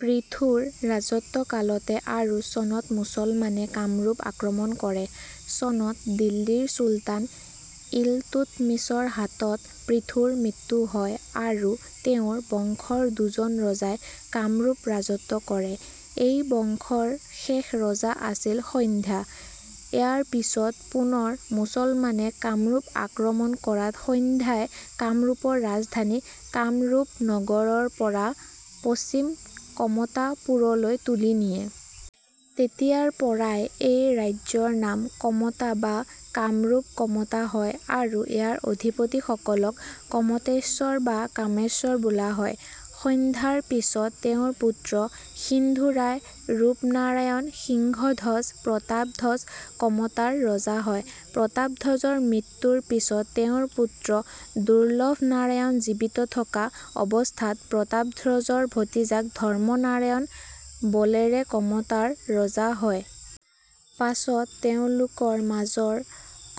পৃথুৰ ৰাজত্ব কালতে আৰু চনত মুছলমানে কামৰূপ আক্ৰমণ কৰে। চনত দিল্লীৰ চুলতান ইলতুতমিছৰ হাতত পৃথুৰ মৃত্যু হয় আৰু তেওঁৰ বংশৰ দুজন ৰজাই কামৰূপ ৰাজত্ব কৰে। এই বংশৰ শেষ ৰজা আছিল সন্ধ্যা। ইয়াৰ পিছত পুনৰ মুছলমানে কামৰূপ আক্ৰমণ কৰাত সন্ধ্যাই কামৰূপৰ ৰাজধানী 'কামৰূপ নগৰ'ৰৰ পৰা পশ্চিম কমতাপুৰলৈ তুলি নিয়ে। তেতিয়াৰ পৰাই এই ৰাজ্যৰ নাম কমতা বা কামৰূপ-কমতা হয় আৰু ইয়াৰ অধিপতিসকলক কমতেশ্বৰ বা কামেশ্বৰ বোলা হয়। সন্ধ্যাৰ পিছত তেওঁৰ পুত্ৰ সিন্ধুৰায়, ৰূপনাৰায়ণ, সিংহধ্বজ, প্ৰতাপধ্বজ কমতাৰ ৰজা হয়। প্ৰতাপধ্বজৰ মৃত্যুৰ পিছত তেওঁৰ পুত্ৰ দুৰ্লভনাৰায়ণ জীৱিত থকা অৱস্থাত প্ৰতাপধ্বজৰ ভতিজাক ধৰ্মনাৰায়ণ বলেৰে কমতাৰ ৰজা হয়। পাছত তেওঁলোকৰ মাজৰ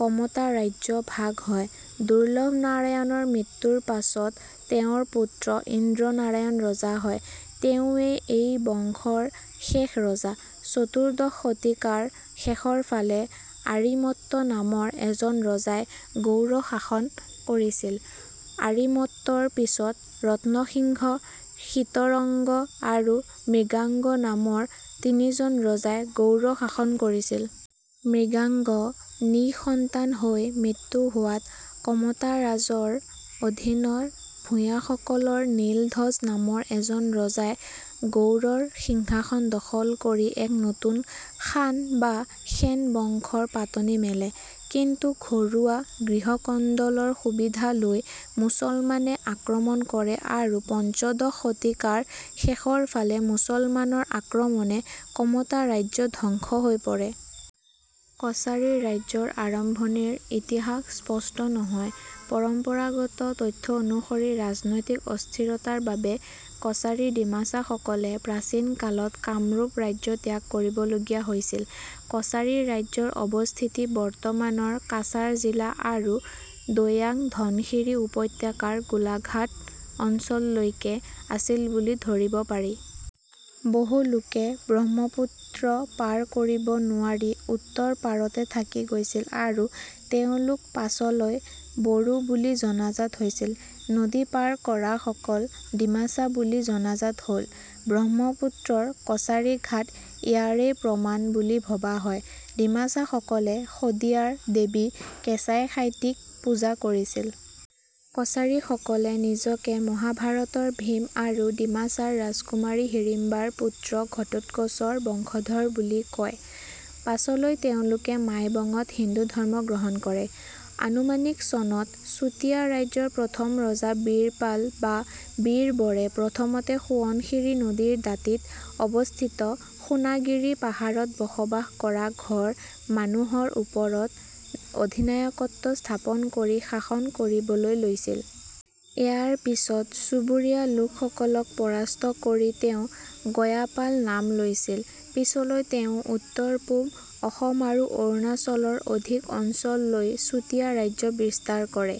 কমতা ৰাজ্য ভাগ হয়। দুৰ্লভনাৰায়ণৰ মৃত্যুৰ পাছত তেওঁৰ পুত্ৰ ইন্দ্ৰনাৰায়ণ ৰজা হয়। তেওঁৱেই এই বংশৰ শেষ ৰজা। চতুৰ্দশ শতিকাৰ শেষৰফালে আৰিমত্ত নামৰ এজন ৰজাই গৌড় শাসন কৰিছিল। আৰিমত্তৰ পিছত ৰত্নসিংহ, শৃতৰংগ আৰু মৃগাংগ নামৰ তিনিজন ৰজাই গৌড় শাসন কৰিছিল। মৃগাংগ নিঃসন্তান হৈ মৃত্যু হোৱাত কমতাৰাজৰ অধীনৰ ভূঞাসকলৰ নীলধ্বজ নামৰ এজন ৰজাই গৌড়ৰ সিংহাসন দখল কৰি এক নতুন খান বা সেন বংশৰ পাতনি মেলে। কিন্তু ঘৰুৱা গৃহ কন্দলৰ সুবিধা লৈ মুছলমানে আক্ৰমণ কৰে আৰু পঞ্চদশ শতিকাৰ শেষৰ ফালে মুছলমানৰ আক্ৰমণে কমতা ৰাজ্য ধ্বংস হৈ পৰে। কছৰী ৰাজ্যৰ আৰম্ভণিৰ ইতিহাস স্পষ্ট নহয়। পৰম্পৰাগত তথ্য অনুসৰি ৰাজনৈতিক অস্থিৰতাৰ বাবে কছাৰী ডিমাচাসকলে প্ৰাচীন কালত কামৰূপ ৰাজ্য ত্যাগ কৰিবলগীয়া হৈছিল। কছাৰী ৰাজ্যৰ অৱস্থিতি বৰ্তমানৰ কাছাৰ জিলা আৰু দৈয়াং-ধনশিৰি উপত্যকাৰ গোলাঘাট অঞ্চললৈকে আছিল বুলি ধৰিব পাৰি। বহু লোকে ব্ৰহ্মপুত্ৰ পাৰ কৰিব নোৱাৰি উত্তৰ পাৰতে থাকি গৈছিল আৰু তেওঁলোক পাছলৈ বড়ো বুলি জনাজাত হৈছিল। নদী পাৰ কৰাসকল ডিমাচা বুলি জনাজাত হ'ল। ব্ৰহ্মপুত্ৰৰ কছাৰী ঘাট ইয়াৰেই প্ৰমাণ বুলি ভবা হয়। ডিমাচাসকলে শদিয়া ৰ দেৱী কেঁচাই খাইটি ক পূজা কৰিছিল। কছাৰীসকলে নিজকে মহাভাৰত ৰ ভীম আৰু ডিমাচাৰ ৰাজকুমাৰী হিড়িম্বা ৰ পুত্ৰ ঘটোৎকচ ৰ বংশধৰ বুলি কয়। পাছলৈ তেওঁলোকে মাইবঙত হিন্দু ধৰ্ম গ্ৰহণ কৰে। আনুমানিক চনত চুতীয়া ৰাজ্যৰ প্ৰথম ৰজা বীৰপাল বা বীৰবৰে প্ৰথমতে সোৱণশিৰি নদীৰ দাঁতিত অৱস্থিত সোণাগিৰি পাহাৰত বসবাস কৰা ঘৰ মানুহৰ ওপৰত অধিনায়কত্ব স্থাপন কৰি শাসন কৰিবলৈ লৈছিল। ইয়াৰ পিছত চুবুৰীয়া লোকসলক পৰাস্ত কৰি তেওঁ 'গয়াপাল' নাম লৈছিল। পিছলৈ তেওঁ উত্তৰ-পূব অসম আৰু অৰুণাচলৰ অধিক অঞ্চল লৈ চুতীয়া ৰাজ্য বিস্তাৰ কৰে।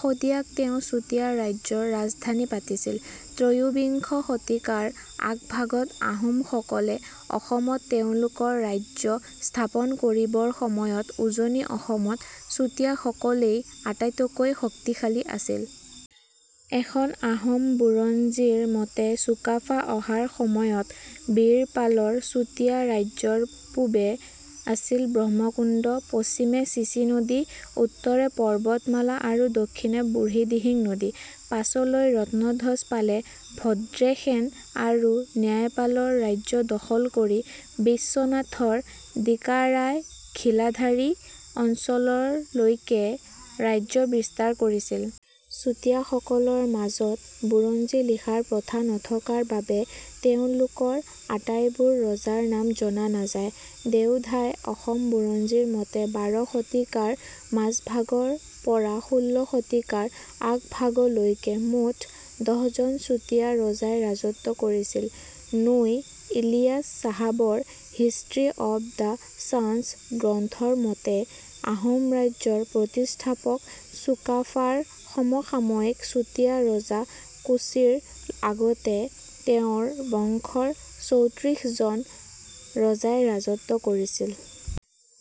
শদিয়াক তেওঁ চুতীয়া ৰাজ্যৰ ৰাজধানী পাতিছিল। ত্ৰয়োবিংশ শতিকাৰ আগভাগত আহোম সকলে অসমত তেওঁলোকৰ ৰাজ্য স্থাপন কৰিবৰ সময়ত উজনি অসমত চুতীয়াসকলেই আটাইতকৈ শক্তিশালী আছিল। এখন আহোম বুৰঞ্জীৰ মতে চুকাফা অহাৰ সময়ত বীৰপালৰ চুতীয়া ৰাজ্যৰ পূবে আছিল ব্ৰহ্মকুণ্ড, পশ্চিমে চিচি নদী, উত্তৰে পৰ্বতমালা আৰু দক্ষিণে বুঢ়ীদিহিং নদী। পাছলৈ ৰত্নধ্বজপালে ভদ্ৰেশেন আৰু ন্যায়পালৰ ৰাজ্য দখল কৰি বিশ্বনাথৰ দিকাৰাই-ঘিলাধাৰী অঞ্চলৰ লৈকে ৰাজ্য বিস্তাৰ কৰিছিল। চুতীয়া সকলৰ মাজত বুৰঞ্জী লিখাৰ প্ৰথা নথকাৰ বাবে তেওঁলোকৰ আটাইবোৰ ৰজাৰ নাম জনা নাযায়। দেওধাই অসম বুৰঞ্জীৰ মতে বাৰ শতিকাৰ মাজভাগৰ পৰা ষোল্ল শতিকাৰ আগভাগলৈকে মুঠ দহজন চুতীয়া ৰজাই ৰাজত্ব কৰিছিল। নোই ইলিয়াছ চাহাবৰ "হিষ্ট্ৰী অৱ দা শ্বান্ছ" গ্ৰন্থৰ মতে আহোম ৰাজ্যৰ প্ৰতিষ্ঠাপক চুকাফা ৰ সমসাময়িক চুতীয়া ৰজা কোছীৰ আগতে তেওঁৰ বংশৰ চৌত্ৰিশজন ৰজাই ৰাজত্ব কৰিছিল।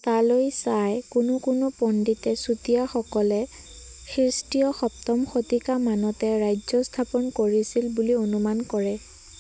তালৈ চাই কোনো কোনো পণ্ডিতে চুতীয়াসকলে খ্ৰীষ্টীয় সপ্তম শতিকামানতে ৰাজ্য স্থাপন কৰিছিল বুলি অনুমান কৰে।।